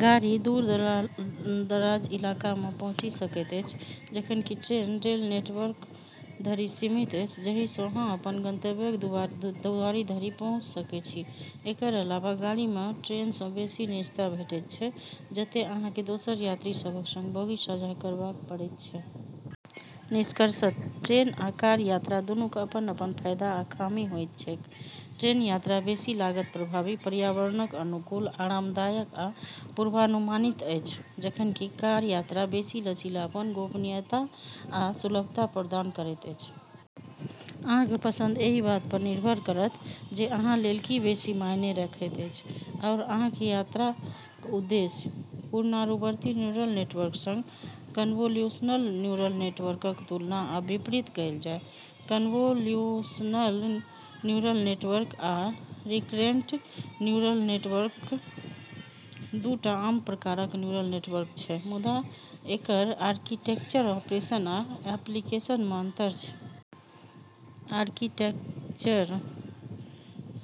गाड़ी दूर-दराजक इलाकामे पहुँचि सकैत अछि, जखन कि ट्रेन रेल नेटवर्क धरि सीमित अछि, जाहिसँ अहाँ अपन गंतव्यक दुआरी धरि पहुँचि सकै छी। एकर अलावा गाड़ीमे ट्रेनसँ बेसी निजता भेटैत छै, जतै अहाँकेँ दोसर यात्री सभक संग बोगी साझा करबाक पड़ैत छै। निष्कर्षतः ट्रेन आ कार यात्रा दूनूक अपन-अपन फायदा आ खामी होइत छैक। ट्रेन यात्रा बेसी लागत प्रभावी, पर्यावरणक अनुकूल, आरामदायक आ पूर्वानुमानित अछि, जखन कि कार यात्रा बेसी लचीलापन, गोपनीयता आ सुलभता प्रदान करैत अछि। अहाँक पसंद एहि बातपर निर्भर करत जे अहाँ लेल की बेसी मायने रखैत अछि आओर अहाँक यात्राक उद्देश्य। पुनरावर्ती न्यूरल नेटवर्कक संग कन्वोल्यूशनल न्यूरल नेटवर्कक तुलना आ विपरीत कएल जाय। कन्वोल्यूशनल न्यूरल नेटवर्क आ रिकरेंट न्यूरल नेटवर्क दू टा आम प्रकारक न्यूरल नेटवर्क छै, मुदा एकर आर्किटेक्चर, ऑपरेशन आ एप्लीकेशनमे अंतर छै। आर्किटेक्चर: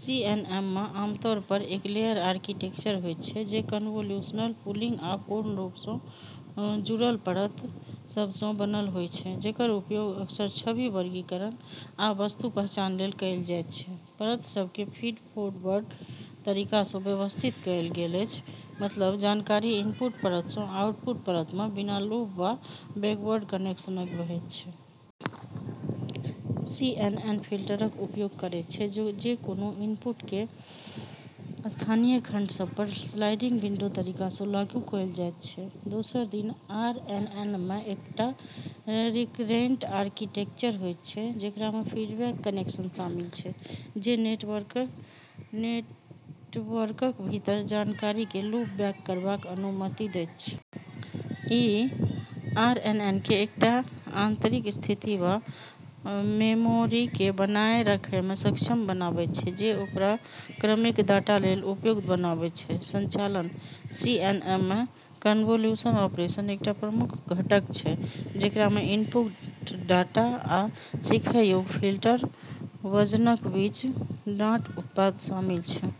सीएनएनमे आमतौरपर एक लेयर आर्किटेक्चर होइत छै जे कन्वोल्यूशनल, पूलिंग आ पूर्ण रूपसँ जुड़ल परत सभसँ बनल होइत छै, जेकर उपयोग अक्सर छवि वर्गीकरण आ वस्तु पहचान लेल कएल जाइत छै। परत सभकेँ फीडफोरवर्ड तरीकासँ व्यवस्थित कएल गेल अछि, मतलब जानकारी इनपुट परतसँ आउटपुट परतमे बिना लूप वा बैकवर्ड कनेक्शनक बहैत छै। सीएनएन फिल्टरक उपयोग करैत छै जे कोनो इनपुटकेँ स्थानीय खंड सभपर स्लाइडिंग विंडो तरीकासँ लागू कएल जाइत छै। दोसर दिस आरएनएनमे एकटा रिकरेंट आर्किटेक्चर होइत छै जेकरामे फीडबैक कनेक्शन शामिल छै, जे नेटवर्कक भीतर जानकारीकेँ लूप बैक करबाक अनुमति दैत छै। ई आरएनएनकेँ एकटा आंतरिक स्थिति वा मेमोरीकेँ बनाए रखैमे सक्षम बनावैत छै, जे ओकरा क्रमिक डाटा लेल उपयुक्त बनावैत छै। संचालन: सीएनएनमे, कन्वोल्यूशन ऑपरेशन एकटा प्रमुख घटक छै, जेकरामे इनपुट डाटा आ सीखै योग्य फिल्टर वजनक बीच डॉट उत्पाद शामिल छै।